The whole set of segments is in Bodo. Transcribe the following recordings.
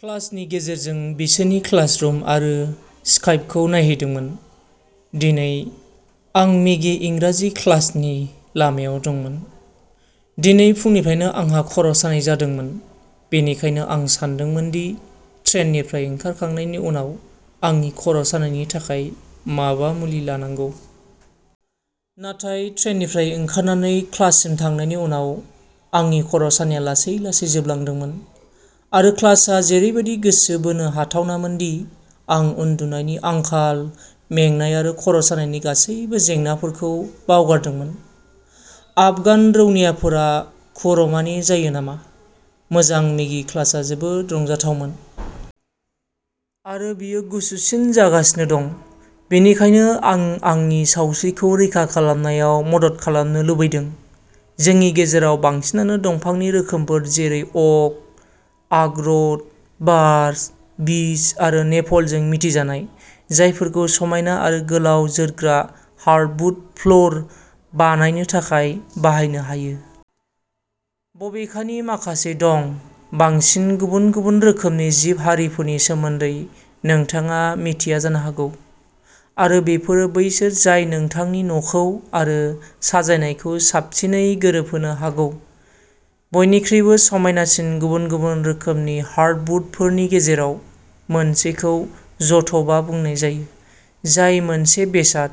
क्लासनि गेजेरजों बिसोरनि क्लास रुम आरो स्काइपखौ नायहैदोंमोन। दिनै, आं मेगीनि इंराजि क्लासनि लामायाव दंमोन। दिनै फुंनिफ्रायनो आंहा खर'सानाय जादोंमोन। बेनिखायनो आं सानदोंमोन दि ट्रेननिफ्राय ओंखारखांनायनि उनाव आंनि खर'सानायनि थाखाय माबा मुलि लानांगौ। नाथाय ट्रेननिफ्राय ओंखारनानै क्लाससिम थांनायनि उनाव, आंनि खर'सनाया लासै-लासै जोबलांदोंमोन। आरो क्लासआ ओरैबायदि गोसो बोनो हाथावनामोन दि आं उन्दुनायनि आंखाल, मेंनाय आरो खर'सानायनि गासैबो जेंनाफोरखौ बावगारदोंमोन। "आफगान रौनियाफोरा कुर'मामे जायो नामा? मोजां, मेगीनि क्लासआ जोबोद रंजाथावमोन!! आरो बेयो गुसुसिन जागासिनो दं। बेनिखायनो, आं आंनि सावस्रिखौ रैखा खालामनायाव मदद खालामनो लुबैदों! जोंनि गेजेराव बांसिनानो दंफांनि रोखोमफोर जेरै अक, आखरोट, बार्च, बीच आरो मेपलजों मिथिजानाय, जायफोरखौ समायना आरो गोबाव जोरग्रा हार्डवुड फ्ल'र बानायनो थाखाय बाहायनो हायो। बबेखानि, माखासे दं। बांसिन गुबुन-गुबुन रोखोमनि जिब-हारिफोरनि सोमोन्दै नोंथाङा मिन्थिया जानो हागौ, आरो बेफोरो बैसोर जाय नोंथांनि न'खौ आरो साजायनायखौ साबसिनै गोरोबहोनो हागौ। बयनिख्रुइबो समायनासिन गुबुन-गुबुन रोखोमनि हार्डवुडफोरनि गेजेराव मोनसेखौ जट'बा बुंनाय जायो, जाय मोनसे बेसाद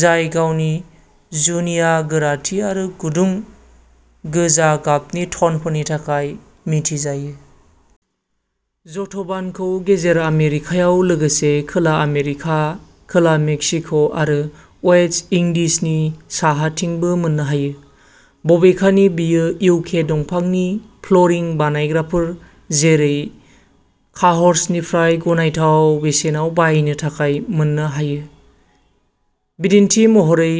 जाय गावनि जुनिया गोराथि आरो गुदुं, गोजा गाबनि टनफोरनि थाखाय मिथिजायो। जट'बानखौ गेजेर आमेरिकायाव, लोगोसे खोला आमेरिका, खोला मेक्सिक'आरो वेस्ट इंडीजनि साहाथिंबो मोननो हायो। बबेखानि, बेयो इउके दंफांनि फ्ल'रिं बानायग्राफोर जेरै काहर्सनिफ्राय गनायथाव बेसेनाव बायनो थाखाय मोननो हायो, बिदिन्थि महरै।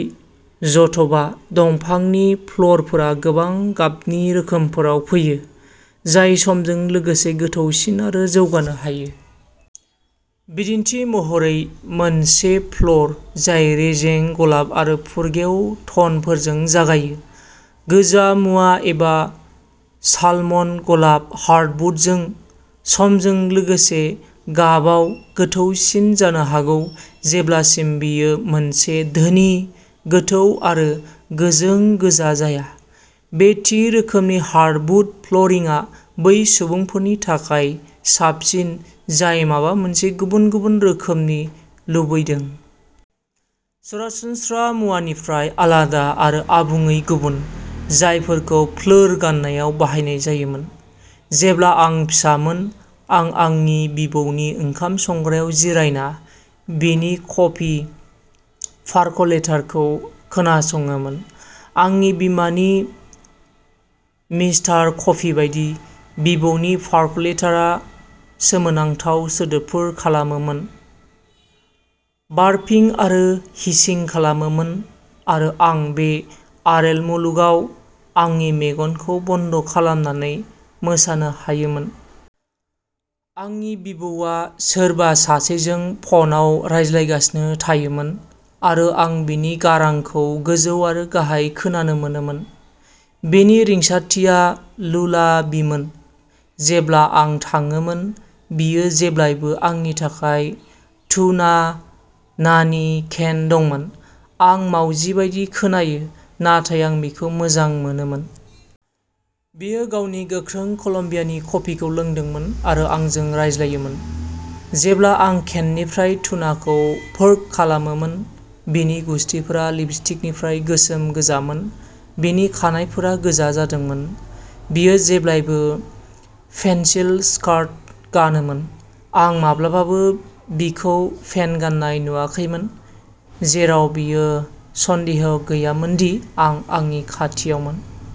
जट'बा दंफांनि फ्ल'रफोरा गोबां गाबनि रोखोमफोराव फैयो, जाय समजों लोगोसे गोथौसिन आरो जौगानो हायो। बिदिन्थि महरै, मोनसे फ्ल'र जाय रेजें गलाब आरो फुरगेव टनफोरजों जागायो, गोजा मुगा एबा सालमन गलाब हार्टवुडजों, समजों लोगोसे गाबाव गोथौसिन जानो हागौ जेब्लासिम बेयो मोनसे धोनि, गोथौ आरो गोजों गोजा जाया। बे थि रोखोमनि हार्डवुड फ्ल'रिंआ बै सुबुंफोरनि थाखाय साबसिन जाय माबा मोनसे गुबुन-गुबुन रोखोमनि लुबैदों। सरासनस्रा मुवाफोरनिफ्राय आलादा आरो आबुङै गुबुन, जायफोरखौ फ्लोर गाननायाव बाहायनाय जायोमोन। जेब्ला आं फिसामोन, आं आंनि बिबौनि ओंखाम संग्रायाव जिरायना बिनि कफि पारकलेटरखौ खोनासङोमोन। आंनि बिमानि मिस्टार कफि बायदि, बिबौनि पारकलेटरआ सोमोनांथाव सोदोबफोर खालामोमोन, बार्पिं आरो हिसिं खालामोमोन, आरो आं बे आरेल मुलुगाव आंनि मेगनखौ बन्द'खालामनानै मोसानो हायोमोन। आंनि बिबौआ सोरबा सासेजों फनआव रायज्लायगासिनो थायोमोन आरो आं बिनि गारांखौ गोजौ आरो गाहाय खोनानो मोनोमोन, बिनि रिंसारथिया लुलाबिमोन। जेब्ला आं थाङोमोन, बियो जेब्लाबो आंनि थाखाय टुना नानि केन दंमोन। आं मावजि बायदि खोनायो, नाथाय आं बेखौ मोजां मोनोमोन। बियो गावनि गोख्रों कलम्बियानि कफिखौ लोंदोंमोन आरो आंजों रायज्लायोमोन, जेब्ला आं केननिफ्राय टुनाखौ फोरक खालामोमोन। बिनि गुसथिफोरा लिपस्टिकनिफ्राय गोसोम गोजामोन, बिनि खानाइफोरा गोजा जादोंमोन। बियो जेब्लाबो पेन्सिल स्कार्ट गानोमोन, आं माब्लाबाबो बिखौ पेन्ट गान्नाय नुवाखैमोन। बेयाव जेबो सन्देह गैयामोन दि आं आंनि खाथियावमोन।